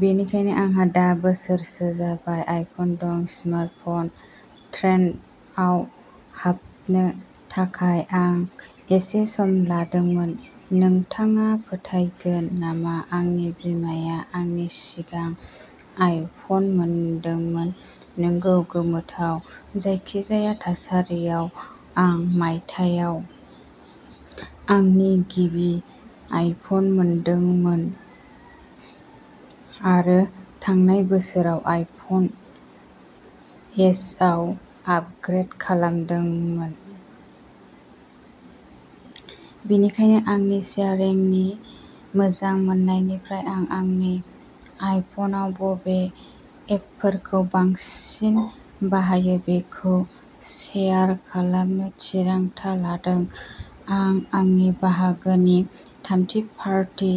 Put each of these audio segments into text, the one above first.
बेनिखायनो आंहा दा बोसोरसो जाबाय आइफन दं। स्मार्टफन ट्रेन्डआव हाबनो थाखाय आं एसे सम लादोंमोन। नोंथाङा फोथायगोन नामा आंनि बिमाया आंनि सिगां आइफन मोनदोंमोन? नंगौ, गोमोथाव। जायखिजाया थासारियाव, आं मायथाइयाव आंनि गिबि आइफन, मोनदोंमोन आरो थांनाय बोसोराव आइफन एसआव आपग्रेड खालामदोंमोन। बेनिखायनो, आंनि शेयारिंनि मोजां मोन्नायनिफ्राय आं आंनि आइफनआव बबे एपफोरखौ बांसिन बाहायो बेखौ शेयार खालामनो थिरांथा लादों। आं आंनि बाहागोनि थामथि-पार्टि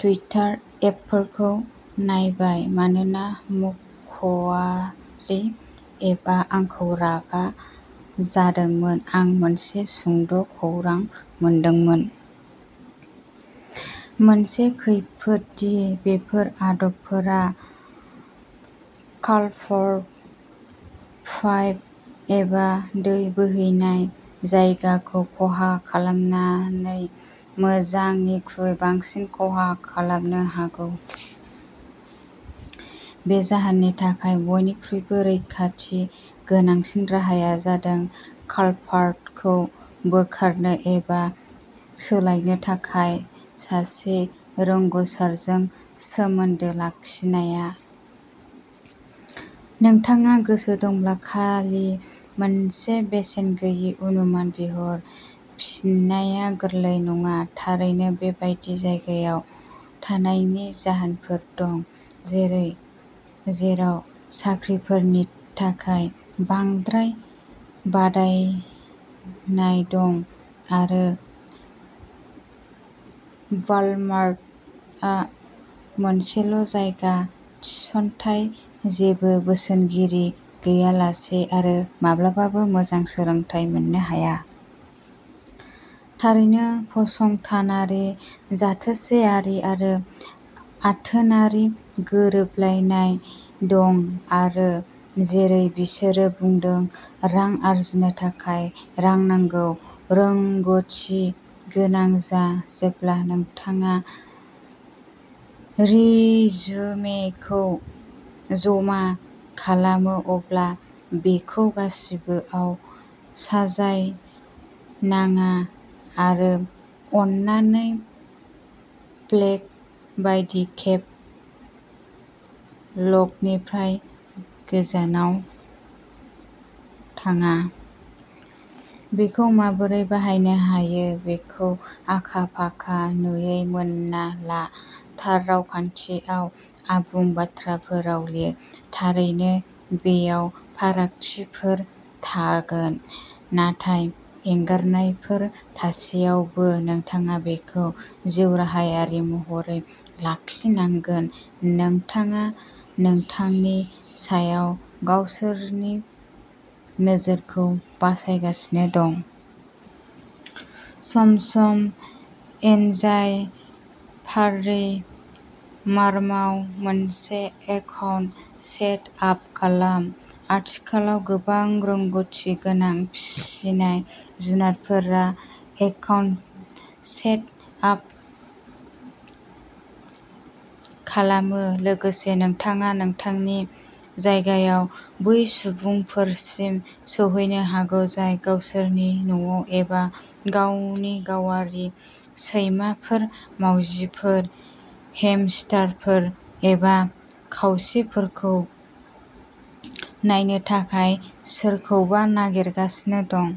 टुइटार एपफोरखौ नायबाय, मानोना मावख'आरि एपआ आंखौ रागा जोंदोंमोन। आं मोनसे सुंद'खौरां मोनदोंमोन। मोनसे खैफोद दि बेफोर आदबफोरा कालभार्ट पाइप एबा दै बोहैनाय जायगाखौ खहा खालामनानै मोजांनिख्रुइ बांसिन खहा खालामनो हागौ। बे जाहोननि थाखाय, बयनिख्रुइबो रैखाथि गोनांसिन राहाया जादों कालभार्टखौ बोखारनो एबा सोलायनो थाखाय सासे रोंग'सारजों सोमोन्दो लाखिनाया। नोंथाङा गोसो दंब्ला खालि मोनसे बेसेन गैयै अनुमान बिहर। फिननाया गोरलै नङा। थारैनो, बेबादि जायगायाव थानायनि जाहोनफोर दं, जेरै जेराव साख्रिफोरनि थाखाय बांद्राय बादायनाय दं आरो वालमार्टआ मोनसेल'जायगा थिसनथाय, जेबो बोसोनगिरि गैयालासे, आरो माब्लाबाबो मोजां सोलोंथाय मोननो हाया। थारैनो, फसंथानारि जाथोसेयारि आरो आथोनारि गोरोबलायनाय दं, आरो जेरै बिसोरो बुंदों, रां आर्जिनो थाखाय रां नांगौ। रोंग'थि गोनां जा। जेब्ला नोंथाङा रिजुमेखौ जमा खालामो, अब्ला बेखौ गासिबो आव साजायनाङा आरो अन्नानै प्लेग बायदि केप लकनिफ्राय गोजानाव थाङा। बेखौ माबोरै बाहायनो हायो बेखौ आखा-फाखा नुयै मोनना ला। थार रावखान्थियाव आबुं बाथ्राफोराव लिर। थारैनो, बेयाव फारागथिफोर थागोन, नाथाय एंगारनायफोर थासेयावबो, नोंथाङा बेखौ जिउराहायारि महरै लाखिनांगोन। नोंथाङा नोंथांनि सायाव गावसोरनि नोजोरखौ बानायगासिनो दं। सम-सम एन्जाय फार्रि फार्माव मोनसे एकाउन्ट सेट आप खालाम? आथिखालाव, गोबां रोंग'थि गोनां फिसिनाय-जुनारफोरा एकाउन्ट सेट आप खालामो। लोगोसे, नोंथाङा नोंथांनि जायगायाव बै सुबुंफोरसिम सौहैनो हागौ, जाय गावसोरनि न'आव एबा गावनि गावारि सैमाफोर, मावजिफोर, हेमस्टारफोर, एबा खासेवफोरखौ नायनो थाखाय सोरखौबा नागिरगासिनो दं।